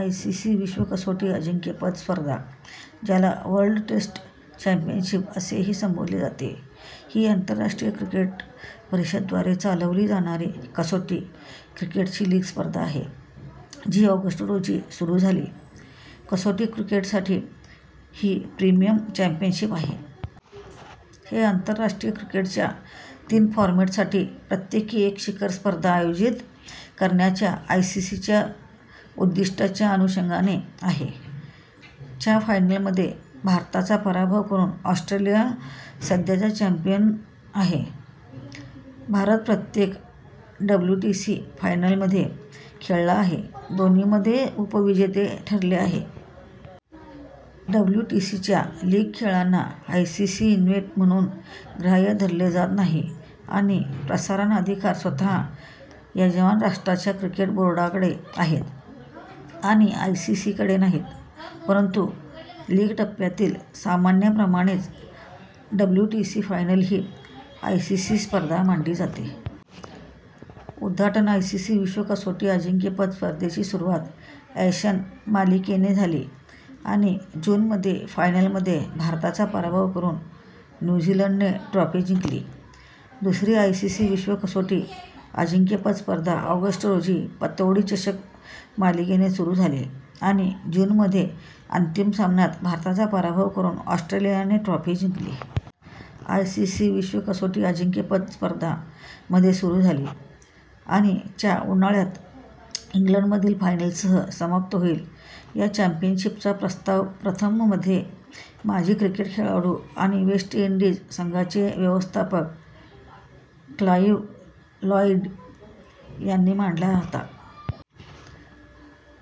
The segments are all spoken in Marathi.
आयसीसी विश्व कसोटी अजिंक्यपद स्पर्धा, ज्याला वर्ल्ड टेस्ट चॅम्पियनशिप असेही संबोधले जाते, ही आंतरराष्ट्रीय क्रिकेट परिषद द्वारे चालवली जाणारी कसोटी क्रिकेटची लीग स्पर्धा आहे, जी ऑगस्ट रोजी सुरू झाली. कसोटी क्रिकेटसाठी ही प्रीमियर चॅम्पियनशिप आहे. हे आंतरराष्ट्रीय क्रिकेटच्या तीन फॉरमॅटसाठी प्रत्येकी एक शिखर स्पर्धा आयोजित करण्याच्या आयसीसीच्या उद्दिष्टाच्या अनुषंगाने आहे. च्या फायनलमध्ये भारताचा पराभव करून ऑस्ट्रेलिया सध्याचा चॅम्पियन आहे. भारत प्रत्येक डब्ल्यूटीसी फायनलमध्ये खेळला आहे, दोन्हीमध्ये उपविजेते ठरले आहे. डब्ल्यूटीसीच्या लीग खेळांना आयसीसी इव्हेंट म्हणून ग्राह्य धरले जात नाही आणि प्रसारण अधिकार स्वतः यजमान राष्ट्राच्या क्रिकेट बोर्डाकडे आहेत आणि आयसीसी कडे नाहीत. परंतु लीग टप्प्यातील सामन्यांप्रमाणेच, डब्ल्यूटीसी फायनल ही आयसीसी स्पर्धा मानली जाते. उद्घाटन आयसीसी विश्व कसोटी अजिंक्यपद स्पर्धेची सुरुवात ॲशेस मालिकेने झाली आणि जून मध्ये फायनलमध्ये भारताचा पराभव करून न्यू झीलंडने ट्रॉफी जिंकली. दुसरी आयसीसी विश्व कसोटी अजिंक्यपद स्पर्धा ऑगस्ट रोजी पतौडी चषक मालिकेने सुरू झाली आणि जून मध्ये अंतिम सामन्यात भारताचा पराभव करून ऑस्ट्रेलियाने ट्रॉफी जिंकली. आयसीसी विश्व कसोटी अजिंक्यपद स्पर्धा मध्ये सुरू झाली आणि च्या उन्हाळ्यात इंग्लंडमधील फायनलसह समाप्त होईल. या चॅम्पियनशिपचा प्रस्ताव प्रथम मध्ये माजी क्रिकेट खेळाडू आणि वेस्ट इंडीज संघाचे व्यवस्थापक क्लाइव्ह लॉईड यांनी मांडला होता.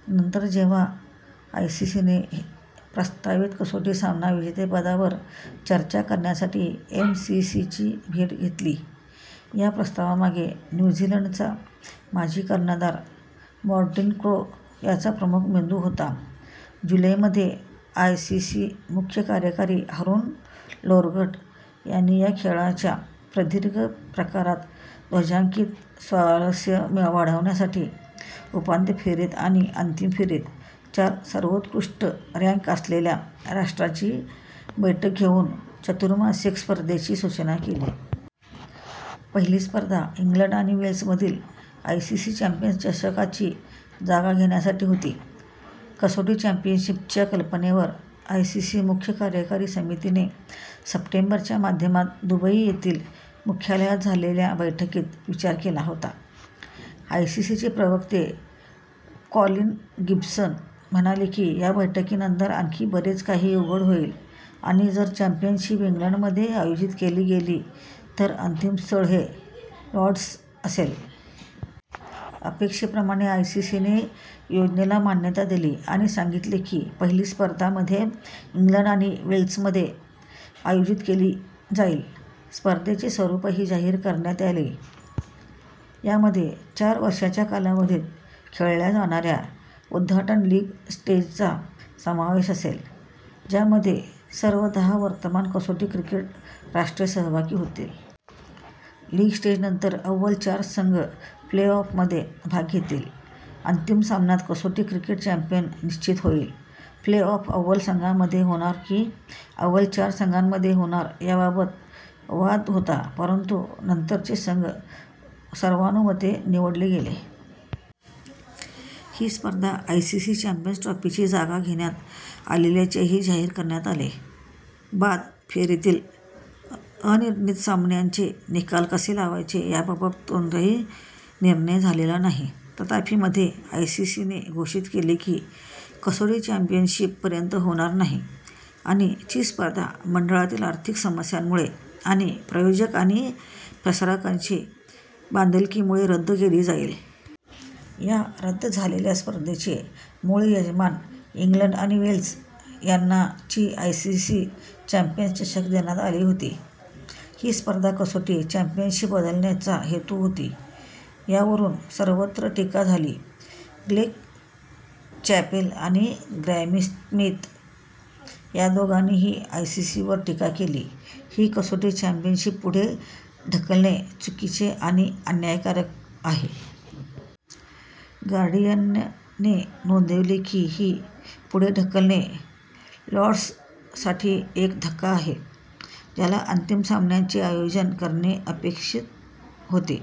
नंतर, मध्ये, जेव्हा आयसीसी ने प्रस्तावित कसोटी सामना विजेतेपदावर चर्चा करण्यासाठी एमसीसीची भेट घेतली. या प्रस्तावामागे न्यू झीलंडचा माजी कर्णधार मार्टिन क्रो यांचा प्रमुख मेंदू होता. जुलै मध्ये आयसीसी मुख्य कार्यकारी हारून लोर्गट यांनी या खेळाच्या प्रदीर्घ प्रकारात ध्वजांकित स्वारस्य वाढवण्यासाठी उपांत्य फेरीत आणि अंतिम फेरीत चार सर्वोत्कृष्ट रँक असलेल्या राष्ट्रांची बैठक घेऊन चतुर्मासिक स्पर्धेची सूचना केली. पहिली स्पर्धा इंग्लंड आणि वेल्समधील आयसीसी चॅम्पियन्स चषकची जागा घेण्यासाठी होती. कसोटी चॅम्पियनशिपच्या कल्पनेवर आयसीसी मुख्य कार्यकारी समितीने सप्टेंबर च्या मध्यात दुबई येथील मुख्यालयात झालेल्या बैठकीत विचार केला होता. आयसीसीचे प्रवक्ते कॉलिन गिब्सन म्हणाले की या बैठकीनंतर आणखी बरेच काही उघड होईल आणि जर चॅम्पियनशिप इंग्लंडमध्ये आयोजित केली गेली तर अंतिम स्थळ हे लॉर्ड्स असेल. अपेक्षेप्रमाणे, आयसीसीने योजनेला मान्यता दिली आणि सांगितले की पहिली स्पर्धा मध्ये इंग्लंड आणि वेल्समध्ये आयोजित केली जाईल. स्पर्धेचे स्वरूपही जाहीर करण्यात आले. यामध्ये चार वर्षांच्या कालावधीत खेळल्या जाणाऱ्या उद्घाटन लीग स्टेजचा समावेश असेल, ज्यामध्ये सर्व दहा वर्तमान कसोटी क्रिकेट राष्ट्रे सहभागी होतील. लीग स्टेजनंतर अव्वल चार संघ प्ले-ऑफमध्ये भाग घेतील, अंतिम सामन्यात कसोटी क्रिकेट चॅम्पियन निश्चित होईल. प्ले-ऑफ अव्वल संघांमध्ये होणार की अव्वल चार संघांमध्ये होणार याबाबत वाद होता, परंतु नंतरचे संघ सर्वानुमते निवडले गेले. ही स्पर्धा आयसीसी चॅम्पियन्स ट्रॉफीची जागा घेणार असल्याचेही जाहीर करण्यात आले. बाद फेरीतील अनिर्णित सामन्यांचे निकाल कसे लावायचे याबाबत कोणताही निर्णय झालेला नाही. तथापि, मध्ये, आयसीसीने घोषित केले की कसोटी चॅम्पियनशिप पर्यंत होणार नाही आणि ची स्पर्धा मंडळातील आर्थिक समस्यांमुळे आणि प्रायोजक आणि प्रसारकांशी बांधिलकीमुळे रद्द केली जाईल. या रद्द झालेल्या स्पर्धेचे मूळ यजमान इंग्लंड आणि वेल्स यांना ची आयसीसी चॅम्पियन्स चषक देण्यात आली होती, ही स्पर्धा कसोटी चॅम्पियनशिप बदलण्याचा हेतू होती. यावरून सर्वत्र टीका झाली; ग्रेग चॅपेल आणि ग्रॅमी स्मिथ या दोघांनीही आयसीसीवर टीका केली की, कसोटी चॅम्पियनशिप पुढे ढकलणे चुकीचे आणि अन्यायकारक आहे. गार्डियनने नोंदवले की ही पुढे ढकलणे लॉर्ड्ससाठी एक धक्का आहे, ज्याला अंतिम सामन्याचे आयोजन करणे अपेक्षित होते.।